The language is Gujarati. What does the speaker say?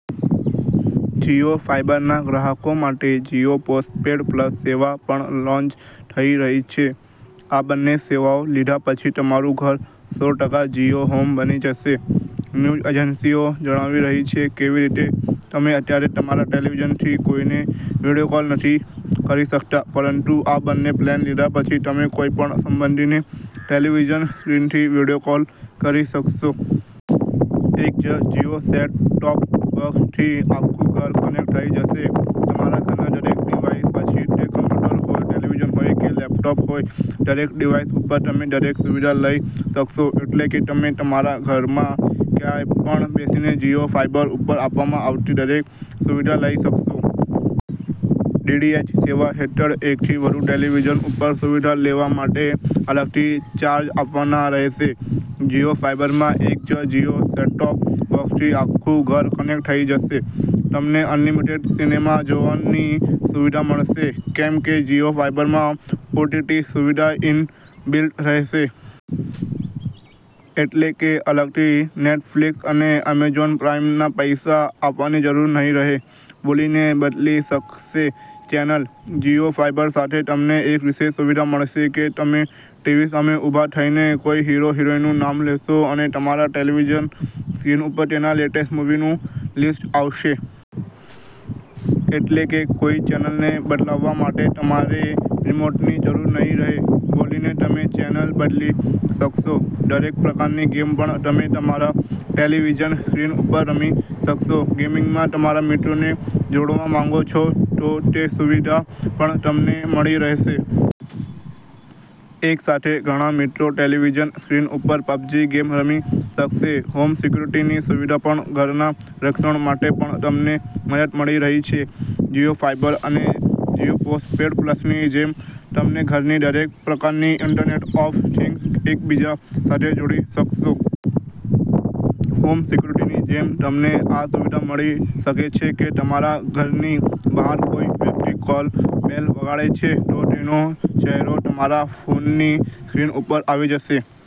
જીઓ ફાઈબરના ગ્રાહકો માટે જીઓ પોસ્ટ પેડ પ્લસ સેવા પણ લોન્ચ થઇ રહી છે. આ બંને સેવાઓ લીધા પછી તમારું ઘર સો ટકા જીઓ હોમ બની જશે. ન્યુઝ એજન્સીઓ જણાવી રહી છે, કેવી રીતે તમે અત્યારે તમારા ટેલીવિઝનથી કોઈને વિડીયો કોલ નથી કરી શકતા, પરંતુ આ બંને પ્લાન લીધા પછી તમે કોઈપણ સંબંધીને ટેલીવિઝન સ્ક્રીનથી વિડીયો કોલ કરી શકશો. એક જ જીઓ સેટ ટોપ બોક્સથી આખુ ઘર કનેક્ટ થઇ જશે. તમારા ઘરના દરેક ડીવાઈસ પછી તે કમ્પ્યુટર હોય, ટેલીવિઝન હોય કે લેપટોપ હોય, દરેક ડીવાઈસ ઉપર તમે દરેક સુવિધા લઇ શકશો. એટલે કે તમે તમારા ઘરમાં ક્યાય પણ બેસીને જીઓ ફાઈબર ઉપર આપવામાં આવતી દરેક સુવિધા લઇ શકશો. ડીટીએચ સેવા હેઠળ એકથી વધુ ટેલીવિઝન ઉપર સુવિધા લેવા માટે અલગથી ચાર્જ આપવાના રહેશે. જીઓ ફાઈબરમાં એક જ જીઓ સેટ ટોપ બોક્સથી આખું ઘર કનેક્ટ થઇ જશે. તમને અનલીમીટેડ સિનેમા જોવાની સુવિધા મળશે, કેમ કે જીઓ ફાઈબરમાં ઓટીટી સુવિધા ઇન બીલ્ટ રહેશે. એટલે કે અલગથી નેટફ્લીક્સ અને એમેઝોન પ્રાઈમના પૈસા આપવાની જરૂર નહિ રહે. બોલીને બદલી શકાશે ચેનલ. જીઓ ફાઈબર સાથે તમને એક વિશેષ સુવિધા મળશે કે, તમે ટીવી સામે ઉભા થઈને કોઈ હીરો-હિરોઈનનું નામ લેશો અને તમારા ટેલીવિઝન સ્ક્રીન ઉપર તેના લેટેસ્ટ મુવીનું લીસ્ટ આવશે. એટલે કે કોઈ ચેનલને બદલાવવા માટે તમારે રીમોન્ટની જરૂર નહિ રહે. બોલીને તમે ચેનલ બદલી શકશો. દરેક પ્રકારની ગેમ પણ તમે તમારા ટેલીવિઝન સ્ક્રીન ઉપર રમી શકશો. ગેમિંગમાં તમારા મિત્રોને જોડવા માંગો છો, તો તે સુવિધા પણ તમને મળી રહેશે. એક સાથે ઘણા મિત્રો ટેલીવિઝન સ્ક્રીન ઉપર પબજી ગેમ રમી શકશે. હોમ સિક્યુરીટીની સુવિધા પણ ઘરના રક્ષણ માટે પણ તમને મદદ મળી રહી છે. જીઓ ફાઈબર અને જીઓ પોસ્ટ પેડ પ્લસની જેમ તમને ઘરની દરેક પ્રકારની ઈન્ટરનેટ ઓફ થિંગ્સ એક બીજા સાથે જોડી શકશો. હોમ સિક્યુરીટીની જેમ તમને આ સુવિધા મળી શકે છે કે તમારા ઘરની બહાર કોઈ વ્યક્તિ કૉલ બેલ વગાડે છે, તો તેનો ચહેરો તમારા ફોનની સ્ક્રીન ઉપર આવી જશે.